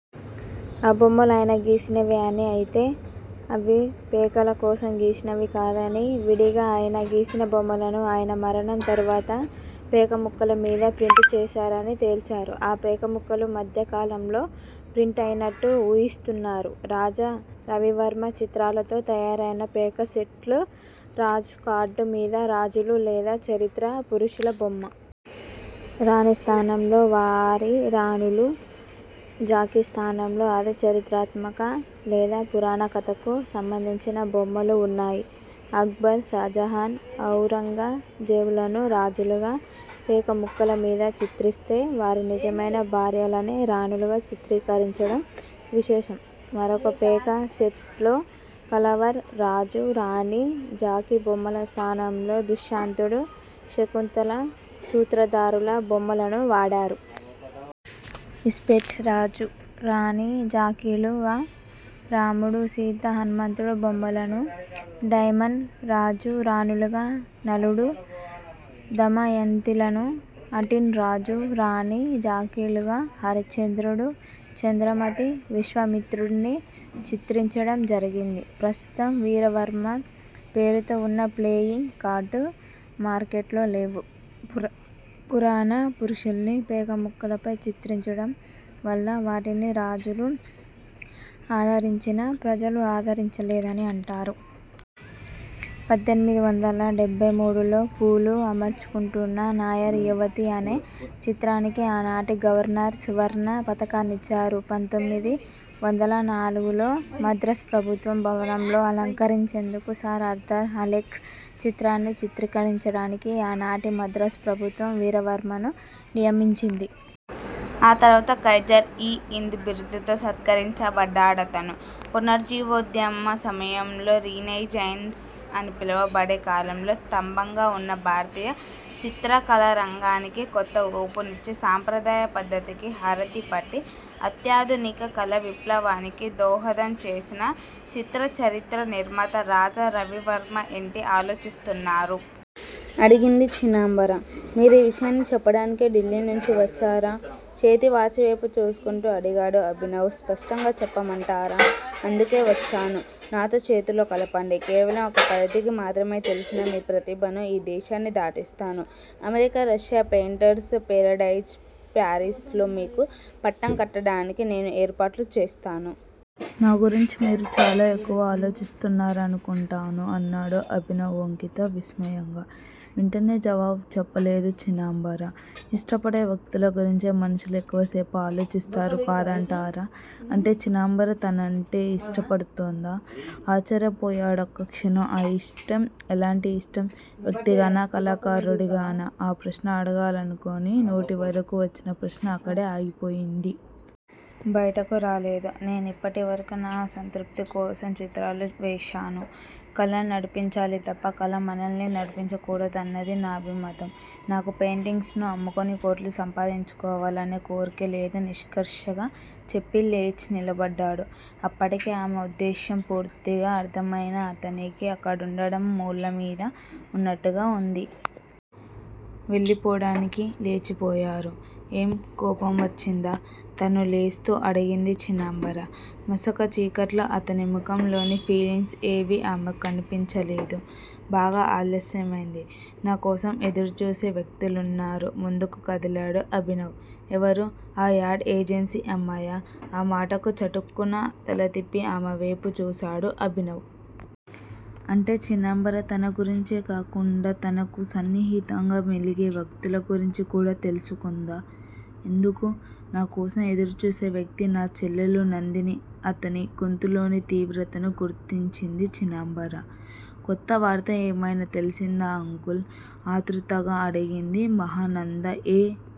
ఆ బొమ్మలు ఆయన గీసినవే అని, అయితే అవి పేకల కోసం గీసినవి కాదని, విడిగా ఆయన గీసిన బొమ్మలను ఆయన మరణం తరువాత పేకముక్కలమీద ప్రింట్ చేశారని తేల్చారు. ఆ పేకముక్కలు మధ్య కాలంలో ప్రింట్ అయినట్టు ఊహిస్తున్నారు. రాజా రవివర్మ చిత్రాలతో తయారైన పేక సెట్లో రాజు కార్డు మీద రాజులు, లేదా చరిత్ర పురుషుల బొమ్మ. రాణిస్థానంలో వారి రాణులు, జాకీ స్థానంలో అదే చారిత్రాత్మక, లేదా పురాణగాథకు సంబంధించిన బొమ్మలు వున్నాయి. అక్బర్, షాజహాన్, ఔరంగజేబులను రాజులుగా పేకముక్కలమీద చిత్రిస్తే వారి నిజమైన భార్యలనే రాణులుగా చిత్రీకరించడం విశేషం. మరొక పేక సెట్ లో కళావర్ రాజు, రాణి, జాకీ బొమ్మల స్థానంలో దుష్యంతుడు, శకుంతల సూత్రధారుల బొమ్మలను వాడారు. ఇస్పేట్ రాజు, రాణి, జాకీలుగా రాముడు, సీత, హనుమంతుడు బొమ్మలను, డైమన్ రాజు, రాణులుగా నలుడు, దమయంతిలను, అఠీన్ రాజు, రాణి జాకీలుగా హరిశ్చంద్రుడు, చంద్రమతి, విశ్వామిత్రుడ్ని చిత్రించడం జరిగింది. ప్రస్తుతం వీరవర్మ పేరుతో వున్న ప్లేయింగ్ కార్డు మార్కెట్లో లేవు. పురాణ పురుషుల్ని పేకముక్కలపై చిత్రించడం వల్ల వాటిని రాజులు ఆదరించినా, ప్రజలు ఆదరించలేదని అంటారు. పద్దెనిమిది వందల డెబ్భై మూడు లో పూలు అమర్చుకొంటున్న నాయర్ యువతి అనే చిత్రానికి ఆనాటి గవర్నర్ సువర్ణ పతకాన్నిచ్చారు. పంతోమిది వందల నాలుగు లో మద్రాసు ప్రభుత్వం భవనంలో అలంకరించేందుకు సర్ ఆర్థర్ హలాక్ చిత్రాన్ని చిత్రించడానికి ఆనాటి మద్రాసు ప్రభుత్వం వీరవర్మను నియమించింది. ఆ తర్వాత కైజర్- ఇ- హింద్ బిరుదుతో సత్కరించబడ్డాడతను. పునరుజ్జీవోద్యమ సమయంలో రినైజాన్స్ అని పిలవబడే కాలంలో స్తబంగా వున్న భారతీయ చిత్రకళారంగానికి కొత్త ఊపునిచ్చి సంప్రదాయ పద్ధతికి హారతిపట్టి, అత్యాధునిక కళా విప్లవానికి దోహదం చేసిన చిత్రచరిత్ర నిర్మాత రాజా రవివర్మ. ఏంటి ఆలోచిస్తున్నారు? అడిగింది చీనాంబర. మీరీ విషయాన్ని చెప్పడానికే ఢిల్లీ నుంచి వచ్చారా? చేతి వాచీవేపు చూసుకుంటూ అడిగాడు అభినవ్. స్పష్టంగా చెప్పమంటారా! అందుకే వచ్చాను. నాతో చేతులు కలపండి. కేవలం ఒక పరిధికి మాత్రమే తెల్సిన మీ ప్రతిభను ఈ దేశాన్ని దాటిస్తాను. America, Russia, painters paradise Paris లో మీకు పట్టం కట్టడానికి నేను ఏర్పాట్లు చేస్తాను. నాగురించి మీరు చాలా ఎక్కువ ఆలోచిస్తున్నారనుకుంటాను అన్నాడు అభినవ్ ఒకింత విస్మయంగా. వెంటనే జవాబు చెప్పలేదు చీనాంబర. ఇష్టపడే వ్యక్తుల గురించే మనుషులు ఎక్కువసేపు ఆలోచిస్తారు కాదంటారా? అంటే చీనాంబర తనంటే ఇష్టపడుతోందా? ఆశ్చర్యపోయాడొక్క క్షణం ఆ యిష్టం ఎలాంటి ఇష్టం? వ్యక్తిగానా? కళాకారుడిగానా? ఆ ప్రశ్న అడగాలనుకుని నోటివరకూ వచ్చిన ప్రశ్న అక్కడే ఆగిపోయింది. బయటకు రాలేద. నేనిప్పటివరకూ నా సంతృప్తి కోసం చిత్రాలు వేశాను. కళను నడిపించాలి తప్ప కల మనల్ని నడిపించకూడదన్నది నా అభిమతం. నాకు పెయింటింగ్స్ ను అమ్ముకుని కోట్లు సంపాదించుకోవాలనే కోర్కె లేదు నిష్కర్షగా చెప్పి లేచి నిలబడ్డాడు. అప్పటికే ఆమె ఉద్దేశ్యం పూర్తిగా అర్థమయిన అతనికి అక్కడుండడం ముళ్ళమీద వున్నట్టుగా వుంది. వెళ్ళిపోడానికి లేచిపోయారు. ఏం కోపం వచ్చిందా? తనూ లేస్తూ అడిగింది చీనాంబర. మసక చీకట్లో అతని ముఖంలోని ఫీలింగ్స్ ఏవీ ఆమెకు కనిపించలేదు. బాగా ఆలస్యమైంది. నా కోసం ఎదురుచూసే వ్యక్తులున్నారు ముందుకు కదిలాడు అభినవ్. ఎవరు? ఆ యాడ్ ఏజెన్సీ అమ్మాయా? ఆ మాటకు చటుక్కున తలతిప్పి ఆమె వేపు చూశాడు అభినవ్. అంటే చీనాంబర తన గురించే కాకుండా తనకు సన్నిహితంగా మెలిగే వ్యక్తుల గురించి కూడా తెలుసుకుందా? ఎందుకు? నా కోసం ఎదురుచూసే వ్యక్తి నా చెల్లెలు నందిని అతని గొంతులోని తీవ్రతను గుర్తించింది చీనాంబర. కొత్త వార్త ఏమయినా తెలిసిందా అంకుల్? ఆతృతగా అడిగింది మహానంద. ఏ